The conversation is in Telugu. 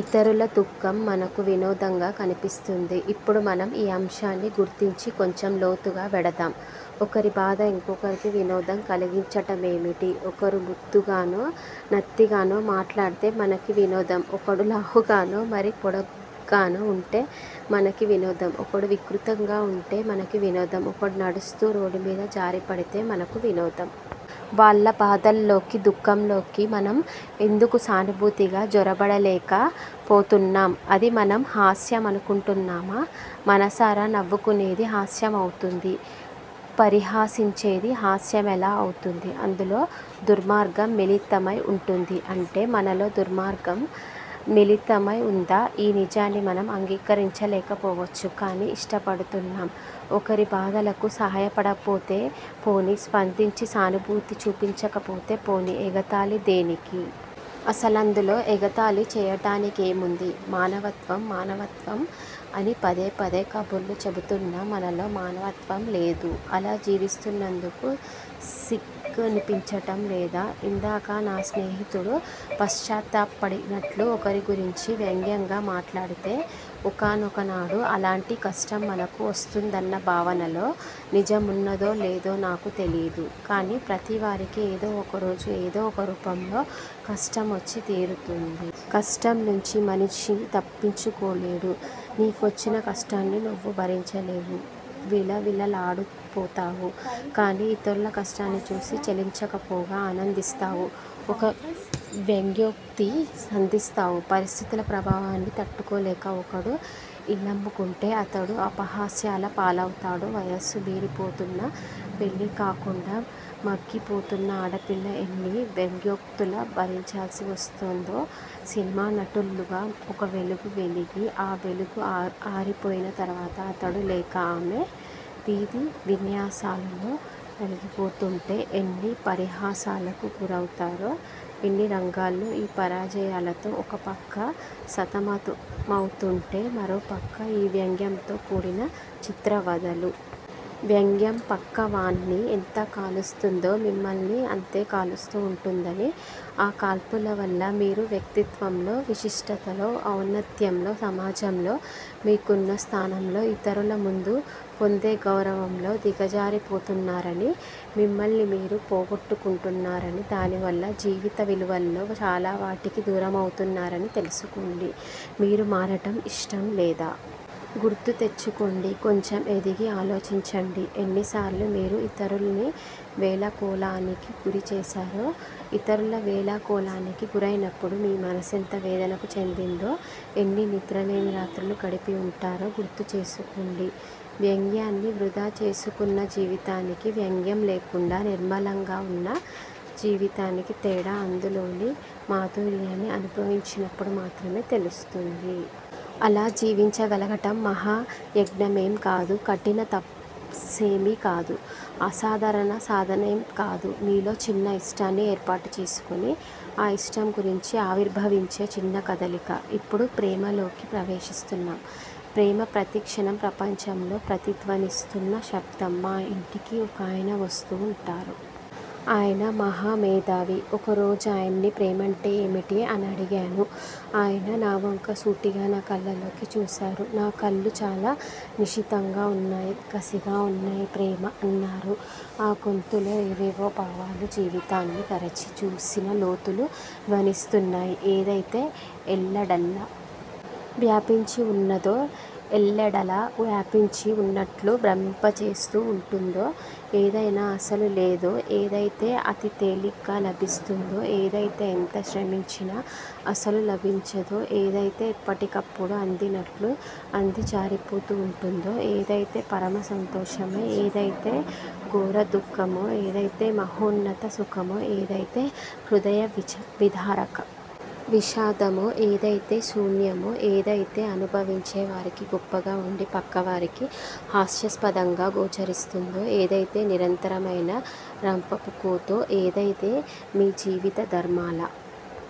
ఇతరుల దుఃఖం మనకు వినోదంగా కనిపిస్తుంది. ఇప్పుడు మనం ఈ అంశాన్ని గుర్తించి కొంచెం లోతుగా వెడదాం. ఒకరి బాధ ఇంకొకరికి వినోదం కలిగించటమేమిటి? ఒకరు ముద్దుగానో, నత్తిగానో మాట్లాడితే మనకి వినోదం ఒకడు లావుగానో, మరీ పొడుగ్గానో వుంటే మనకి వినోదం ఒకడు వికృతంగా వుంటే మనకి వినోదం ఒకడు నడుస్తూ రోడ్డుమీద జారిపడితే మనకి వినోదం. వాళ్ళ బాధల్లోకీ, దుఃఖంలోకీ మనం ఎందుకు సానుభూతిగా జొరబడలేక పోతున్నాం? అది మనం హాస్యమనుకుంటున్నామా? మనసారా నవ్వుకునేది హాస్యమవుతుంది. పరిహసించేది హాస్యమెలా అవుతుంది? అందులో దుర్మార్గం మిళితమై వుంటుంది. అంటే మనలో దుర్మార్గం మిళితమై వుందా? ఈ నిజాన్ని మనం అంగీకరించలేకపోవచ్చు కాని ఇష్టపడుతున్నాం. ఒకరి బాధలకు సాయపడకపోతే పోనీ, స్పందించి సానుభూతి చూపించకపోతే పోనీ, ఎగతాళి దేనికి? అసలందులో ఎగతాళి చేయటానికేముంది? మానవత్వం మానవత్వం అని పదేపదే కబుర్లు చెపుతున్నా మనలో మానవత్వంలేదు. అలా జీవిస్తున్నందుకు సిగ్గనిపించటం లేదా? ఇందాక నా స్నేహితుడు పశ్చాత్తాపపడినట్లు ఒకరిగురించి వ్యంగ్యంగా మాట్లాడితే, ఒకానొకనాడు అలాంటి కష్టం మనకూ వస్తుందన్న భావనలో నిజమున్నదో లేదో నాకు తెలీదు. కాని ప్రతివారికీ ఏదో ఒకరోజు ఏదో ఒకరూపంలో కష్టమొచ్చి తీరుతుంది. కష్టంనుంచి మనిషి తప్పించుకోలేడు. నీకొచ్చిన కష్టాన్ని నువ్వు భరించలేవు. విలవిల్లాడిపోతావు. కాని ఇతరుల కష్టాన్ని చూసి చలించకపోగా ఆనందిస్తావు. ఒక వ్యంగ్యోక్తి సంధిస్తావు. పరిస్థితుల ప్రభావాన్ని తట్టుకోలేక ఒకడు ఇల్లమ్ముకుంటే, అతడు అపహాస్యాల పాలవుతాడో, వయసు మీరిపోతున్నా పెళ్ళి కాకుండా మగ్గిపోతున్న ఆడపిల్ల ఎన్ని వ్యంగ్యోక్తులు భరించాల్సి వస్తోందో, సినిమా నటులుగా ఒక వెలుగు వెలిగి, ఆ వెలుగు ఆరిపోయిన తర్వాత అతడు లేక ఆమె విధి విన్యాసాలలో నలిగిపోతూంటే ఎన్ని పరిహాసాలకు గురవుతారో ఎన్నిరంగాల్లో ఈ పరాజయాలతో ఒకపక్క సతమతమవుతూంటే మరోపక్క ఈ వ్యంగ్యంతో కూడిన చిత్రవధలు! వ్యంగ్యం పక్కవాణ్ని ఎంత కాలుస్తుందో, మిమ్మల్నీ అంతే కాలుస్తూ వుంటుందనీ, ఆ కాల్పుల వల్ల మీరు వ్యక్తిత్వంలో, విశిష్టతలో, ఔన్నత్యంలో సమాజంలో మీకున్న స్థానంలో, ఇతరుల ముందు పొందే గౌరవంలో దిగజారిపోతున్నారనీ, మిమ్మల్ని మీరు పోగొట్టుకుంటున్నారనీ, దానివల్ల జీవితవిలువల్లో చాలావాటికి దూరమవుతున్నారని తెలుసుకోండి. మీరు మారటం ఇష్టంలేదా? గుర్తు తెచ్చుకోండి కొంచెం ఎదిగి ఆలోచించండి. ఎన్నిసార్లు మీరు ఇతరుల్ని వేళాకోళానికి గురి చేశారో, ఇతరుల వేళాకోళానికి గురైనప్పుడు మీ మనసెంత వేదనకు చెందిందో, ఎన్ని నిద్రలేని రాత్రులు గడిపి వుంటారో గుర్తుచేసుకోండి. వ్యంగ్యాన్ని వృధా చేసుకున్న జీవితానికీ, వ్యంగ్యం లేకుండా నిర్మలంగా వున్న జీవితానికీ తేడా అందులోని మాధుర్యాన్ని అనుభవించినప్పుడు మాత్రమే తెలుస్తుంది. అలా జీవించగలగటం మహాయజ్ఞమేం కాదు. కఠిన తపస్సేమీ కాదు. అసాధారణ సాధనేం కాదు. మీలో చిన్న ఇష్టాన్ని ఏర్పాటు చేసుకుని, ఆ ఇష్టంగురించి ఆవిర్భవించే చిన్న కదలిక. ఇప్పుడు ప్రేమలోకి ప్రవేశిస్తున్నాం. ప్రేమ ప్రతిక్షణం ప్రపంచంలో ప్రతిధ్వనిస్తూన్న శబ్దం. మా ఇంటికి ఒకాయన వస్తూ వుంటారు. ఆయన మహామేధావి. ఒక రోజాయన్ని ప్రేమంటే ఏమిటి? అనడిగాను. ఆయన నావంక సూటిగా నా కళ్ళలోకి చూశారు. నా కళ్ళు చాలా నిశితంగా వున్నాయి కసిగా వున్నాయి. ప్రేమ అన్నారు. ఆ గొంతులో ఏవేవో భావాలు జీవితాన్ని తరచి చూసిన లోతులు ధ్వనిస్తున్నాయి. ఏదైతే ఎల్లెడల్లా వ్యాపించివున్నదో, ఎల్లెడలా వ్యాపించి వున్నట్లు భ్రమింపచేస్తూ వుంటుందో, ఏదైతే అసలు లేదో, ఏదైతే అతితేలిగ్గా లభిస్తుందో, ఏదైతే ఎంత శ్రమించినా అసలు లభించదో, ఏదైతే ఎప్పటికప్పుడు అందినట్లు అంది జారిపోతూ వుంటుందో, ఏదైతే పరమ సంతోషమో, ఏదైతే ఘోరదుఃఖమో, ఏదైతే మహోన్నత సుఖమో, ఏదైతే హృదయవిదారక విషాదమో ఏదైతే శూన్యమో, ఏదైతే అనుభవించేవారికి గొప్పగా వుండి పక్కవారికి హాస్యస్పధంగా గోచరిస్తుందో, ఏదైతే నిరంతరమైన రంపపుకోతో, ఏదైతే మీ జీవితధర్మాల